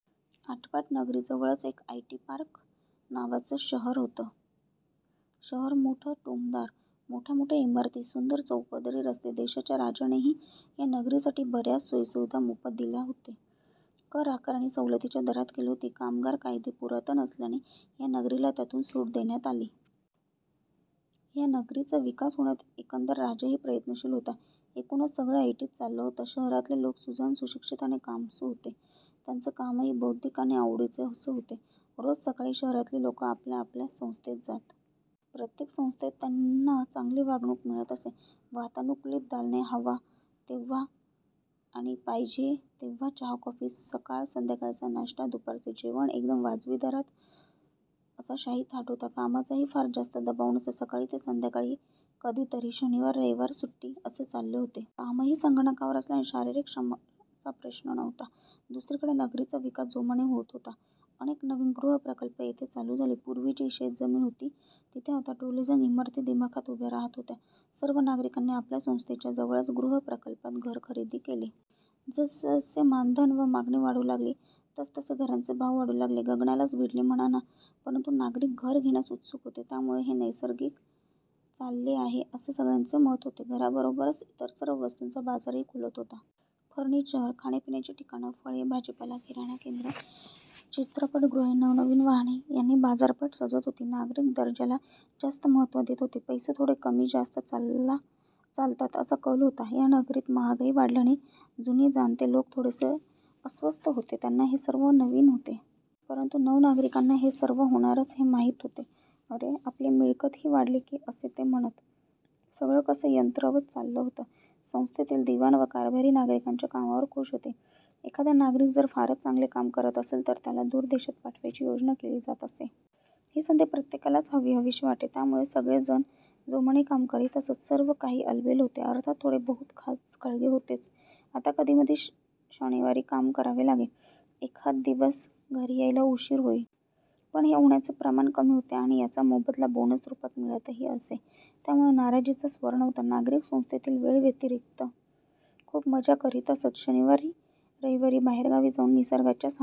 आटपाट नगरी जवळच एक आयटीपार्क नावाचं शहर होतं. शहर मोठ टूमदार. मोठ्या मोठ्या इमारती, सुंदर चौपदरी रस्ते. देशाच्या राजानेही या नगरीसाठी बरयाच सोयी-सुविधा मोफत दिल्या होते. करआकारणी सवलतीच्या दारात केली होती. कामगार कायदे पुरातन असल्याने या नगरीला त्यातून सुट देण्यात आली. ह्या नगरीचा विकास होण्यात एकंदर राजाही प्रयत्नशील होता. एकूणच सगळं ऐटीत चालल होतं. शहरातले लोक सुजाण, सुशिक्षित आणि कामसू होते. त्यांच कामही बौद्धिक आणि आवडीचे असे होते. रोज सकाळी शहरातली लोक आपल्या आपल्या संस्थेत जात. प्रत्येक संस्थेत त्यांना चांगली वागणूक मिळत असे. वातानुकुलीत दालने, हवा तेंव्हा आणि पाहिजे तेंव्हा चहा- कॉफी, सकाळ संध्याकाळचा नाष्टा, दुपारचे जेवण एकदम वाजवी दारात असा शाही थाट होता. कामाचाही फार जास्त दबाव नसे, सकाळी ते संध्याकाळी कधीतरी, शनिवार, रविवार सुट्टी असे चालले होते. कामही संगणकावर असल्याने शारीरिक श्रमाचा प्रश्न नव्हता. दुसरीकडे नगरीचा विकास जोमाने होत होता. अनेक नवीन गृहप्रकल्प येथे चालू झाले. पूर्वी जी शेतजमीन होती, तिथे आता टोलेजंग इमारती दिमाखात उभ्या राहत होत्या. सर्व नागरीकांनी आपल्या संस्थेच्या जवळच गृहप्रकल्पात घर खरेदी केले. जसजसे मानधन व मागणी वाढू लागली तसतसे घरांचे भाव वाढू लागले, गगनालाच भिडले म्हणा ना. परंतु नागरिक घर घेण्यास उत्सुक होते, त्यामुळे हे नैस्रार्गिक चालले आहे असे सगळ्यांचे मत होते. घराबरोबरच इतर सर्व वस्तूंचा बाजारही खुलत होता. फर्निचर, खाण्या पिण्याची ठिकाणं, फळे- भाजीपाल किराणा केंद्र, चित्रपटगृहे, नवनवीन वाहने यांनी बाजारपेठ सजत होती. नागरिक दर्जा ला जास्त महत्व देत होते, पैसे थोडे कमी-जास्त चालतात असा कल होता. या नगरीत महागाई वाढल्याने जुने जाणते लोक थोडेसे अस्वस्थ होते, त्याना हे सर्व नवीन होते. परंतु नवनागरीकांना हे सर्व होणारच हे माहित होते. "अरे आपली मिळकत ही वाढली की" असे ते म्हणत. सगळं कसं यंत्रवत चालला होतं. संस्थेतील दिवाण व कारभारी नागरिकांच्या कामावर खूष होते, एखादा नागरिक जर फारच चांगले काम करत असेल तर त्याला दूर देशात पाठवायची योजना केली जात असे. ही संधी प्रत्येकाला हवी हवीशी वाटे. त्यामुळे सगळे जण जोमाने काम करीत असत. सर्व काही आलबेल होते. अर्थात थोडे बहुत खाच खळगे होतेच. आता कधीमधी शनिवारी काम करावे लागे. एखाद दिवस घरी यायला उशीर होई. पण हे होण्याचे प्रमाण कमी होते आणि याचा मोबदला बोनस रूपात मिळतही असे, त्यामुळे नाराजीचा स्वर नव्हता. नागरिक संस्थेतील वेळेव्यतिरिक्त खूप मजा करीत असत. शनिवार रविवारी बाहेरगावी जाउन निसर्गाच्या सान्निध्यात